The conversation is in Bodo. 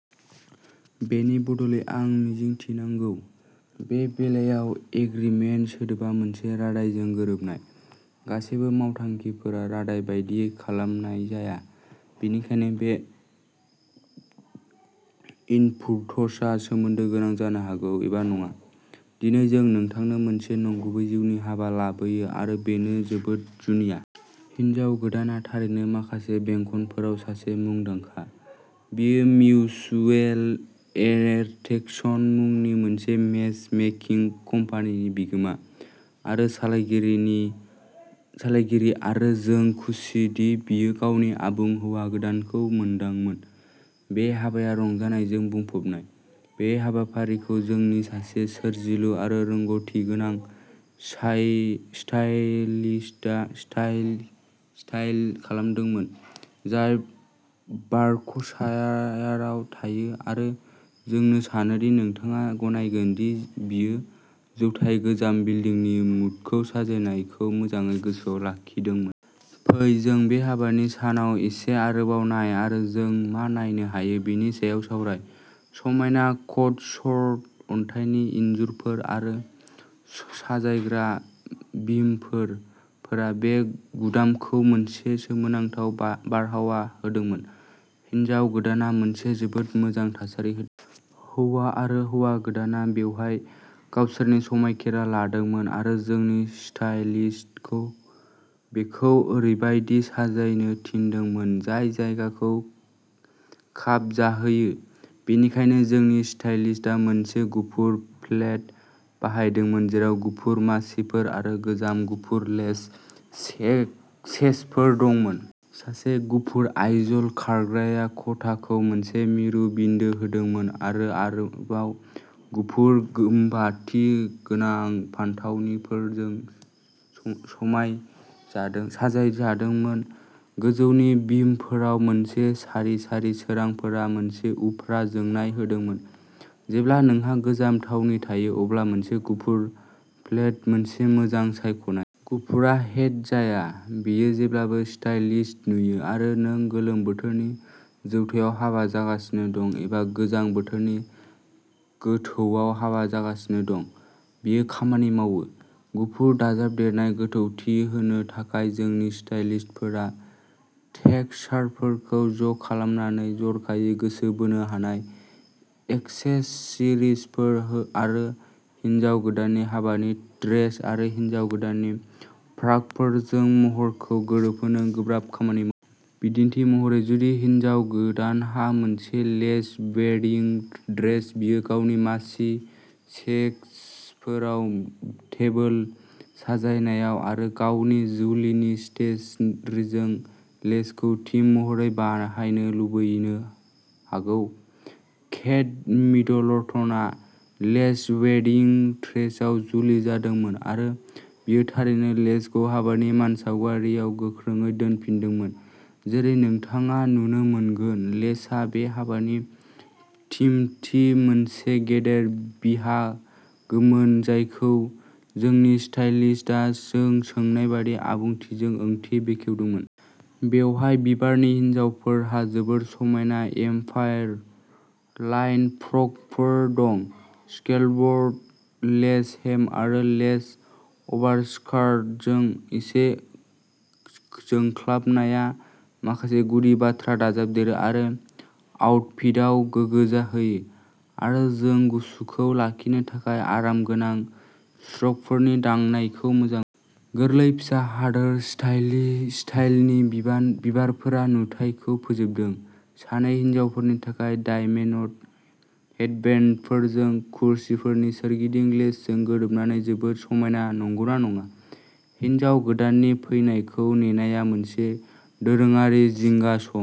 बेनि बदलै आं मिजिंथिनांगौ। बे बेलायाव, एग्रिमेन्ट सोदोबा मोनसे रादायजों गोरोबनाय। गासैबो मावथांखिफोरा रादाय बायदियै खालामनाय जाया, बेनिखायनो बे इनपुट्सआ सोमोन्दो गोनां जानो हागौ एबा नङा। दिनै जों नोंथांनो मोनसे नंगुबै जिउनि हाबा लाबोयो आरो बेयो जोबोद जुनिया। हिन्जाव गोदानआ थारैनो माखासे बेंखनफोराव सासे मुंदांखा। बियो मिउचुएल एट्रेक्शन मुंनि मोनसे मेच मेकिंग कम्पानिनि बिगोमा आरो सालायगिरि आरो जों खुसिदि बियो गावनि आबुं हौवा गोदानखौ मोनदोंमोन। बे हाबाया रंजानायजों बुंफबनाय। बे हाबाफारिखौ जोंनि सासे सोरजिलु आरो रोंग'थिगोनां स्टाइलिस्टआ स्टाइल खालामदोंमोन, जाय बार्कशायाराव थायो आरो जों सानो दि नोंथाङा गनायगोन दि बियो जौथाय गोजाम बिल्दिंनि मुडखौ साजायनायखौ मोजाङै गोसोआव लाखिदोंमोन। फै जों बे हाबानि सानाव एसे आरोबाव नाय आरो जों मा नायनो हायो बेनि सायाव सावराय। समायना कटस्वल्ड अन्थाइनि इनजुरफोर आरो साजायग्रा बिमफोरा बे गुदामखौ मोनसे सोमोनांथाव बारहावा होदोंमोन। हिन्जाव गोदानआ मोनसे जोबोद मोजां थासारि होदोंमोन। हौवा आरो हौवा गोदानआ बेवहाय गावसोरनि समायखिरा लादोंमोन आरो जोंनि स्टाइलिस्टखौ बेखौ ओरैबायदि साजायनो थिनदोंमोन जाय जायगाखौ खाबजाहोयो। बेनिखायनो जोंनि स्टाइलिस्टआ मोनसे गुफुर पेलेट बाहायदोंमोन, जेराव गुफुर मासिफोर आरो गोजाम गुफुर लेस सेशफोर दंमोन। सासे गुफुर आइजल खारग्राया खथाखौ मोनसे मिरु बिन्दो होदोंमोन आरो आरोबाव गुफुर मोमबाति गोनां फानथावनिफोरजों साजायजादोंमोन। गोजौनि बिमफोराव मोनसे सारि सारि सोरांफोरा मोनसे उफ्रा जोंनाय होदोंमोन। जेब्ला नोंहा गोजाम थावनि थायो अब्ला मोनसे गुफुर पेलेटआ मोनसे मोजां सायख'नाय। गुफुरआ डेट जाया, बेयो जेब्लाबो स्टाइलिश नुयो आरो नों गोलोम बोथोरनि जौथायाव हाबा जागासिनो दं एबा गोजां बोथोरनि गोथौआव हाबा जागासिनो दं, बेयो खामानि मावो। गुफुर दाजाबदेरनाय गोथौथि होनो थाखाय, जोंनि स्टाइलिस्टफोरा टेक्सचारफोरखौ ज'खालामनानै, जर'खायै गोसो बोनो हानाय एक्सेसरिजफोर आरो हिनजाव गोदाननि हाबानि ड्रेस आरो हिन्जाव गोदाननि फ्रकफोरजों महरखौ गोरोबहोनो गोब्राब खामानि मावो। बिदिन्थि महरै, जुदि हिनजाव गोदानहा मोनसे लेस वेडिंग ड्रेस, बियो गावनि मासि सेशफोराव, टेबोल साजायनायाव आरो गावनि जुलिनि स्टेशनारिजों लेसखौ थीम महरै बाहायनो लुबैनो हागौ। केट मिडलटनआ लेस वेडिंग ड्रेसाव जुलि जादोंमोन आरो बियो थारैनो लेसखौ हाबानि मानसावगारियाव गोख्रोंयै दोनफिनदोंमोन जेरै नोंथाङा नुनो मोनगोन, लेसआ बे हाबानि थिमनि मोनसे गिदिर बाहागोमोन जायखौ जोंनि स्टाइलिस्टआ जों सान्नायबादि आबुंथिजों ओंथि बेखेवदोंमोन। बेवहाय बिबारनि हिनजावफोरहा जोबोद समायना एम्पायर लाइन फ्रकफोर दं, स्केलपड लेस हेम आरो लेस अभारस्कार्टजों। एसे जोंख्लाबनाया माखासे गुदि बाथ्रा दाजाबदेरो आरो आउटफिटआव गोसो होयो आरो जों गुसुखौ लाखिनो थाखाय आरामगोनां श्रगफोरनि दांनायखौ मोजां मोनो। गोरलै फिसा हादोर स्टाइलनि बिबारफोरा नुथायखौ फोजोबदों, सानै हिनजावफोरनि थाखाय डायमेनट हेडबेन्डफोरजों। कुर्सिफोरनि सोरगिदिं लेसजों गोरोबनानै जोबोद समायना, नंगौना नङा? हिन्जाव गोदाननि फैनायखौ नेनाया मोनसे दोरोङारि जिंगा सम।